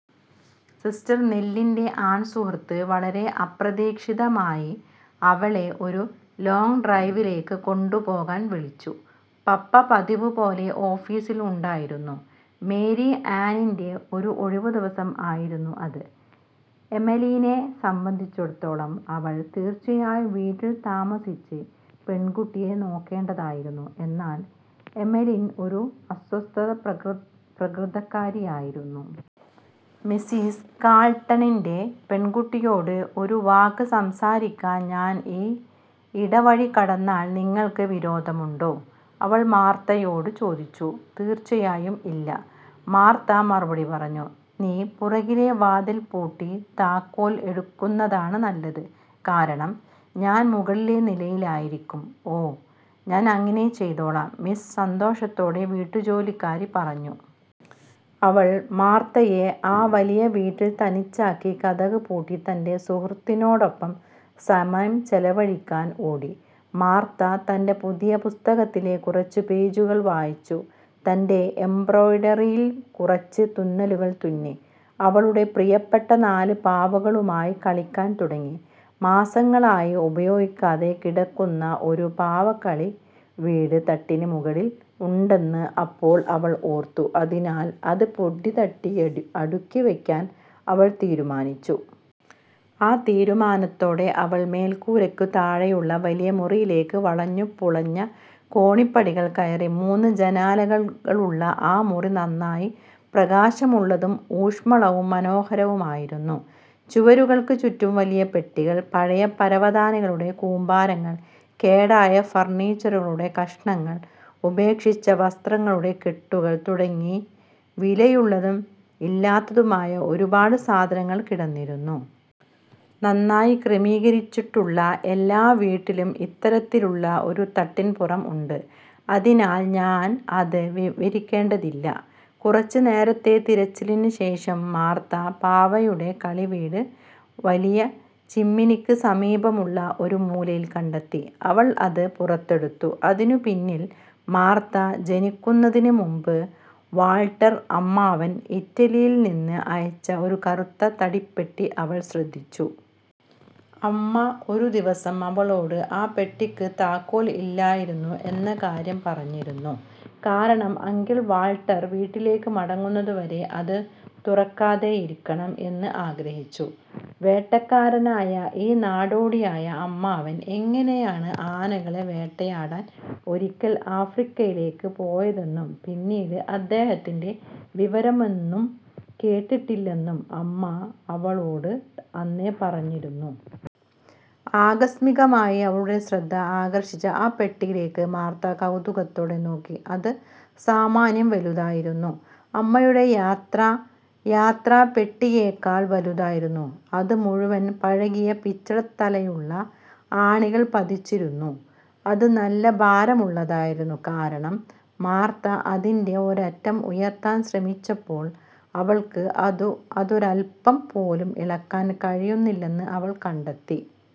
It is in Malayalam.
സിസ്റ്റർ നെല്ലിൻ്റെ ആൺസുഹൃത്ത് വളരെ അപ്രതീക്ഷിതമായി അവളെ ഒരു ലോംഗ് ഡ്രൈവിലേക്ക് കൊണ്ടുപോകാൻ വിളിച്ചു. പപ്പ പതിവുപോലെ ഓഫീസിൽ ഉണ്ടായിരുന്നു. മേരി ആനിൻ്റെ ഒരു ഒഴിവ് ദിവസം ആയിരുന്നു അത്. എമെലീനെ സംബന്ധിച്ചിടത്തോളം, അവൾ തീർച്ചയായും വീട്ടിൽ താമസിച്ച് പെൺകുട്ടിയെ നോക്കേണ്ടതായിരുന്നു; എന്നാൽ എമെലിൻ ഒരു അസ്വസ്ഥ പ്രകൃതക്കാരിയായിരുന്നു. "മിസ്സിസ് കാൾട്ടണിൻ്റെ പെൺകുട്ടിയോട് ഒരു വാക്ക് സംസാരിക്കാൻ ഞാൻ ഈ ഇടവഴി കടന്നാൽ നിങ്ങൾക്ക് വിരോധമുണ്ടോ? " അവൾ മാർത്തയോട് ചോദിച്ചു. "തീർച്ചയായും ഇല്ല," മാർത്ത മറുപടി പറഞ്ഞു. "നീ പുറകിലെ വാതിൽ പൂട്ടി താക്കോൽ എടുക്കുന്നതാണ് നല്ലത്, കാരണം ഞാൻ മുകളിലെ നിലയിലായിരിക്കും. " "ഓ, ഞാൻ അങ്ങിനെ ചെയ്തോളാം, മിസ്സ്," സന്തോഷത്തോടെ വീട്ടുജോലിക്കാരി പറഞ്ഞു. അവൾ മാർത്തയെ ആ വലിയ വീട്ടിൽ തനിച്ചാക്കി, കതക് പൂട്ട,ി തൻ്റെ സുഹൃത്തിനോടൊപ്പം സമയം ചെലവഴിക്കാൻ ഓടി. മാർത്ത തൻ്റെ പുതിയ പുസ്തകത്തിലെ കുറച്ച് പേജുകൾ വായിച്ചു, തൻ്റെ എംബ്രോയ്ഡറിയിൽ കുറച്ച് തുന്നലുകൾ തുന്നി, അവളുടെ പ്രിയപ്പെട്ട നാല് പാവകളുമായി കളിക്കാൻ തുടങ്ങി. മാസങ്ങളായി ഉപയോഗിക്കാതെ കിടക്കുന്ന ഒരു പാവക്കളിവീട് തട്ടിന് മുകളിൽ ഉണ്ടെന്ന് അപ്പോൾ അവൾ ഓർത്തു, അതിനാൽ അത് പൊടിതട്ടി അടുക്കി വയ്ക്കാൻ അവൾ തീരുമാനിച്ചു. ആ തീരുമാനത്തോടെ അവൾ മേൽക്കൂരയ്ക്ക് താഴെയുള്ള വലിയ മുറിയിലേക്ക് വളഞ്ഞുപുളഞ്ഞ കോണിപ്പടികൾ കയറി. മൂന്ന് ജനാലകളുള്ള ആ മുറി നന്നായി പ്രകാശമുള്ളതും ഊഷ്മളവും മനോഹരവുമായിരുന്നു. ചുവരുകൾക്ക് ചുറ്റും വലിയ പെട്ടികൾ, പഴയ പരവതാനികളുടെ കൂമ്പാരങ്ങൾ, കേടായ ഫർണിച്ചറുകളുടെ കഷണങ്ങൾ, ഉപേക്ഷിച്ച വസ്ത്രങ്ങളുടെ കെട്ടുകൾ, തുടങ്ങി വിലയുള്ളതും ഇല്ലാത്തതുമായ ഒരു പാട് സാധനങ്ങൾ കിടന്നിരുന്നു. നന്നായി ക്രമീകരിച്ചിട്ടുള്ള എല്ലാ വീട്ടിലും ഇത്തരത്തിലുള്ള ഒരു തട്ടിൻപുറം ഉണ്ട്, അതിനാൽ ഞാൻ അത് വിവരിക്കേണ്ടതില്ല. കുറച്ച് നേരത്തെ തിരച്ചിലിന് ശേഷം മാർത്ത പാവയുടെ കളി വീട് വലിയ ചിമ്മിനിക്ക് സമീപമുള്ള ഒരു മൂലയിൽ കണ്ടെത്തി. അവൾ അത് പുറത്തെടുത്തു, അതിനു പിന്നിൽ മാർത്ത ജനിക്കുന്നതിന് മുമ്പ് വാൾട്ടർ അമ്മാവൻ ഇറ്റലിയിൽ നിന്ന് അയച്ച ഒരു കറുത്ത തടിപ്പെട്ടി അവൾ ശ്രദ്ധിച്ചു. അമ്മ ഒരു ദിവസം അവളോട് ആ പെട്ടിക്ക് താക്കോൽ ഇല്ലായിരുന്നു എന്ന കാര്യം പറഞ്ഞിരുന്നു., കാരണം അങ്കിൾ വാൾട്ടർ വീട്ടിലേക്ക് മടങ്ങുന്നത് വരെ അത് തുറക്കാതെയിരിക്കണം എന്ന് ആഗ്രഹിച്ചു. വേട്ടക്കാരനായ ഈ നാടോടിയായ അമ്മാവൻ എങ്ങനെയാണ് ആനകളെ വേട്ടയാടാൻ ഒരിയ്ക്കൽ ആഫ്രിക്കയിലേക്ക് പോയതെന്നും പിന്നീട് അദ്ദേഹത്തിന്റെ വിവരമൊന്നും കേട്ടിട്ടില്ലെന്നും അമ്മ അവലോട് അന്നേ പറഞ്ഞിരുന്നു. ആകസ്മികമായി അവളുടെ ശ്രദ്ധ ആകർഷിച്ച ആ പെട്ടിയിലേക്ക് മാർത്ത കൗതുകത്തോടെ നോക്കി. അത് സാമാന്യം വലുതായിരുന്നു—അമ്മയുടെ യാത്രാ യാത്രപ്പെട്ടയേക്കാൾ വലുതായിരുന്നു. അത് മുഴുവൻ പഴകിയ പിച്ചളത്തലയുള്ള ആണികൾ പതിച്ചിരുന്നു. അത് നല്ല ഭാരമുള്ളതായിരുന്നു, കാരണം, മാർത്ത അതിൻ്റെ ഒരറ്റം ഉയർത്താൻ ശ്രമിച്ചപ്പോൾ അവൾക്ക് അതൊരഅൽപ്പം പോലും ഇളക്കാൻ കഴിയുന്നില്ലെന്ന് അവൾ കണ്ടെത്തി.